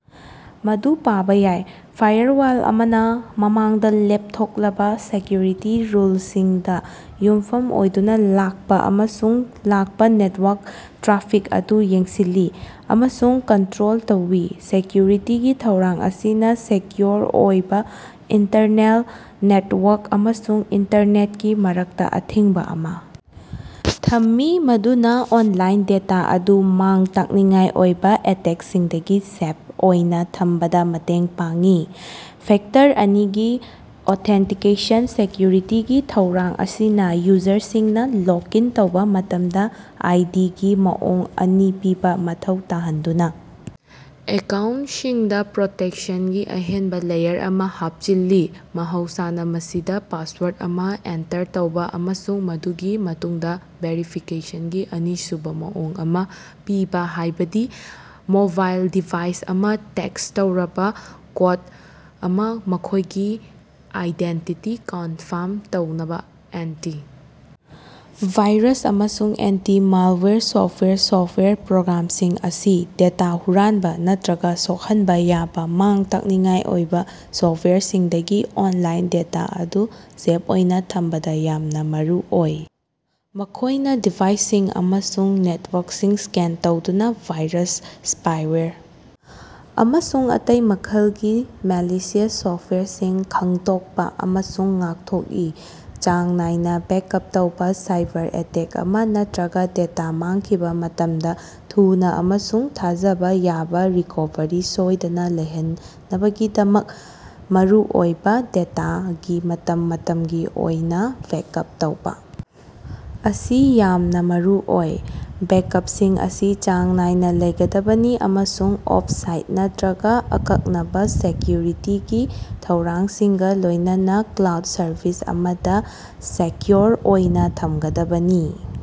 ꯃꯗꯨ ꯄꯥꯕ ꯌꯥꯏ꯫ ꯐꯥꯏꯔꯋꯥꯜ ꯑꯃꯅ ꯃꯃꯥꯡꯗ ꯂꯦꯞꯊꯣꯛꯂꯕ ꯁꯦꯀꯌꯨꯔꯤꯇꯤ ꯔꯨꯜꯁꯤꯡꯗ ꯌꯨꯝꯐꯝ ꯑꯣꯏꯗꯨꯅ ꯂꯥꯛꯄ ꯑꯃꯁꯨꯡ ꯂꯥꯛꯄ ꯅꯦꯠꯋꯥꯛ ꯇ꯭ꯔꯥꯐꯤꯛ ꯑꯗꯨ ꯌꯦꯡꯁꯤꯜꯂꯤ ꯑꯃꯁꯨꯡ ꯀꯟꯇꯔꯣꯜ ꯇꯧꯏ꯫ ꯁꯦꯀꯌꯨꯔꯤꯇꯤꯒꯤ ꯊꯧꯔꯥꯡ ꯑꯁꯤꯅ ꯁꯦꯀꯌꯨꯑꯣꯔ ꯑꯣꯏꯕ ꯏꯟꯇꯔꯅꯦꯜ ꯅꯦꯠꯋꯥꯛ ꯑꯃꯁꯨꯡ ꯏꯟꯇꯔꯅꯦꯠꯀꯤ ꯃꯔꯛꯇ ꯑꯊꯤꯡꯕ ꯑꯃ ꯊꯝꯃꯤ ꯃꯗꯨꯅ ꯑꯣꯟꯂꯥꯏꯟ ꯗꯦꯇꯥ ꯑꯗꯨ ꯃꯥꯡ ꯇꯥꯛꯅꯤꯡꯉꯥꯏ ꯑꯣꯏꯕ ꯑꯦꯇꯦꯛꯁꯤꯡꯗꯒꯤ ꯁꯦꯞ ꯑꯣꯏꯅ ꯊꯝꯕꯗ ꯃꯇꯦꯡ ꯄꯥꯡꯏ꯫ ꯐꯦꯛꯇꯔ ꯑꯅꯤꯒꯤ ꯑꯣꯊꯦꯟꯇꯤꯀꯦꯁꯟ ꯁꯦꯀꯌꯨꯔꯤꯇꯤꯒꯤ ꯊꯧꯔꯥꯡ ꯑꯁꯤꯅ ꯌꯨꯖꯔꯁꯤꯡꯅ ꯂꯣꯒ ꯏꯟ ꯇꯧꯕ ꯃꯇꯝꯗ ꯑꯥꯏ ꯗꯤ ꯒꯤ ꯃꯑꯣꯡ ꯑꯅꯤ ꯄꯤꯕ ꯃꯊꯧ ꯇꯥꯍꯟꯗꯨꯅ ꯑꯦꯀꯥꯎꯟꯁꯤꯡꯗ ꯄ꯭ꯔꯣꯇꯦꯛꯁꯟꯒꯤ ꯑꯍꯦꯟꯕ ꯂꯦꯌꯔ ꯑꯃ ꯍꯥꯞꯆꯤꯜꯂꯤ ꯃꯍꯧꯁꯥꯅ ꯃꯁꯤꯗ ꯄꯥꯁꯋꯥꯔꯠ ꯑꯃ ꯑꯦꯟꯇꯔ ꯇꯧꯕ ꯑꯃꯁꯨꯡ ꯃꯗꯨꯒꯤ ꯃꯇꯨꯡꯗ ꯚꯦꯔꯤꯐꯤꯀꯦꯁꯟꯒꯤ ꯑꯅꯤꯁꯨꯕ ꯃꯑꯣꯡ ꯑꯃ ꯄꯤꯕ ꯍꯥꯏꯕꯗꯤ ꯃꯣꯕꯥꯏꯜ ꯗꯤꯚꯥꯏꯁ ꯑꯃ ꯇꯦꯛꯁ ꯇꯧꯔꯕ ꯀꯣꯠ ꯑꯃ ꯃꯈꯣꯏꯒꯤ ꯑꯥꯏꯗꯦꯟꯇꯤꯇꯤ ꯀꯟꯐꯥꯝ ꯇꯧꯅꯕ꯫ ꯑꯦꯟꯇꯤ ꯚꯥꯏꯔꯁ ꯑꯃꯁꯨꯡ ꯑꯦꯟꯇꯤ ꯃꯥꯜꯋꯥꯌꯔ ꯁꯣꯞꯋꯦꯌꯔ ꯁꯣꯞꯋꯦꯌꯔ ꯄ꯭ꯔꯣꯒꯔꯥꯝꯁꯤꯡ ꯑꯁꯤ ꯗꯦꯇꯥ ꯍꯨꯔꯥꯟꯕ ꯅꯠꯇ꯭ꯔꯒ ꯁꯣꯛꯍꯟꯕ ꯌꯥꯕ ꯃꯥꯡ ꯇꯥꯛꯅꯤꯡꯉꯥꯏ ꯑꯣꯏꯕ ꯁꯣꯞꯋꯦꯌꯔꯁꯤꯡꯗꯒꯤ ꯑꯣꯟꯂꯥꯏꯟ ꯗꯦꯇꯥ ꯑꯗꯨ ꯁꯦꯞ ꯑꯣꯏꯅ ꯊꯝꯕꯗ ꯌꯥꯝꯅ ꯃꯔꯨꯑꯣꯏ꯫ ꯃꯈꯣꯏꯅ ꯗꯤꯚꯥꯏꯁꯁꯤꯡ ꯑꯃꯁꯨꯡ ꯅꯦꯠꯋꯥꯛꯁꯤꯡ ꯁ꯭ꯀꯦꯟ ꯇꯧꯗꯨꯅ ꯚꯥꯏꯔꯁ ꯁꯄꯥꯏꯋꯦꯔ ꯑꯃꯁꯨꯡ ꯑꯇꯩ ꯃꯈꯜꯒꯤ ꯃꯦꯂꯤꯁꯤꯌꯁ ꯁꯣꯞꯋꯦꯌꯔꯁꯤꯡ ꯈꯪꯗꯣꯛꯄ ꯑꯃꯁꯨꯡ ꯉꯥꯡꯊꯣꯛꯏ꯫ ꯆꯥꯡ ꯅꯥꯏꯅ ꯕꯦꯛꯑꯞ ꯇꯧꯕ ꯁꯥꯏꯕꯔ ꯑꯦꯇꯦꯛ ꯑꯃ ꯅꯠꯇ꯭ꯔꯒ ꯗꯦꯇꯥ ꯃꯥꯡꯈꯤꯕ ꯃꯇꯝꯗ ꯊꯨꯅꯥ ꯑꯃꯁꯨꯡ ꯊꯥꯖꯕ ꯌꯥꯕ ꯔꯤꯀꯣꯚꯔꯤ ꯁꯣꯏꯗꯅ ꯂꯩꯍꯟꯅꯕꯒꯤꯗꯃꯛ ꯃꯔꯨꯑꯣꯏꯕ ꯗꯦꯇꯥꯒꯤ ꯃꯇꯝ ꯃꯇꯝꯒꯤ ꯑꯣꯏꯅ ꯕꯦꯛꯑꯞ ꯇꯧꯕ ꯑꯁꯤ ꯌꯥꯝꯅ ꯃꯔꯨꯑꯣꯏ꯫ ꯕꯦꯛꯑꯞꯁꯤꯡ ꯑꯁꯤ ꯆꯥꯡ ꯅꯥꯏꯅ ꯂꯩꯒꯗꯕꯅꯤ ꯑꯃꯁꯨꯡ ꯑꯣꯐ ꯁꯥꯏꯠ ꯅꯠꯇ꯭ꯔꯒ ꯑꯀꯛꯅꯕ ꯁꯦꯛꯌꯨꯔꯤꯇꯤꯒꯤ ꯊꯧꯔꯥꯡꯁꯤꯡꯒ ꯂꯣꯏꯅꯅ ꯀ꯭ꯂꯥꯎꯗ ꯁꯔꯚꯤꯁ ꯑꯃꯗ ꯁꯦꯛꯌꯨꯑꯣꯔ ꯑꯣꯏꯅ ꯊꯝꯒꯗꯕꯅꯤ꯫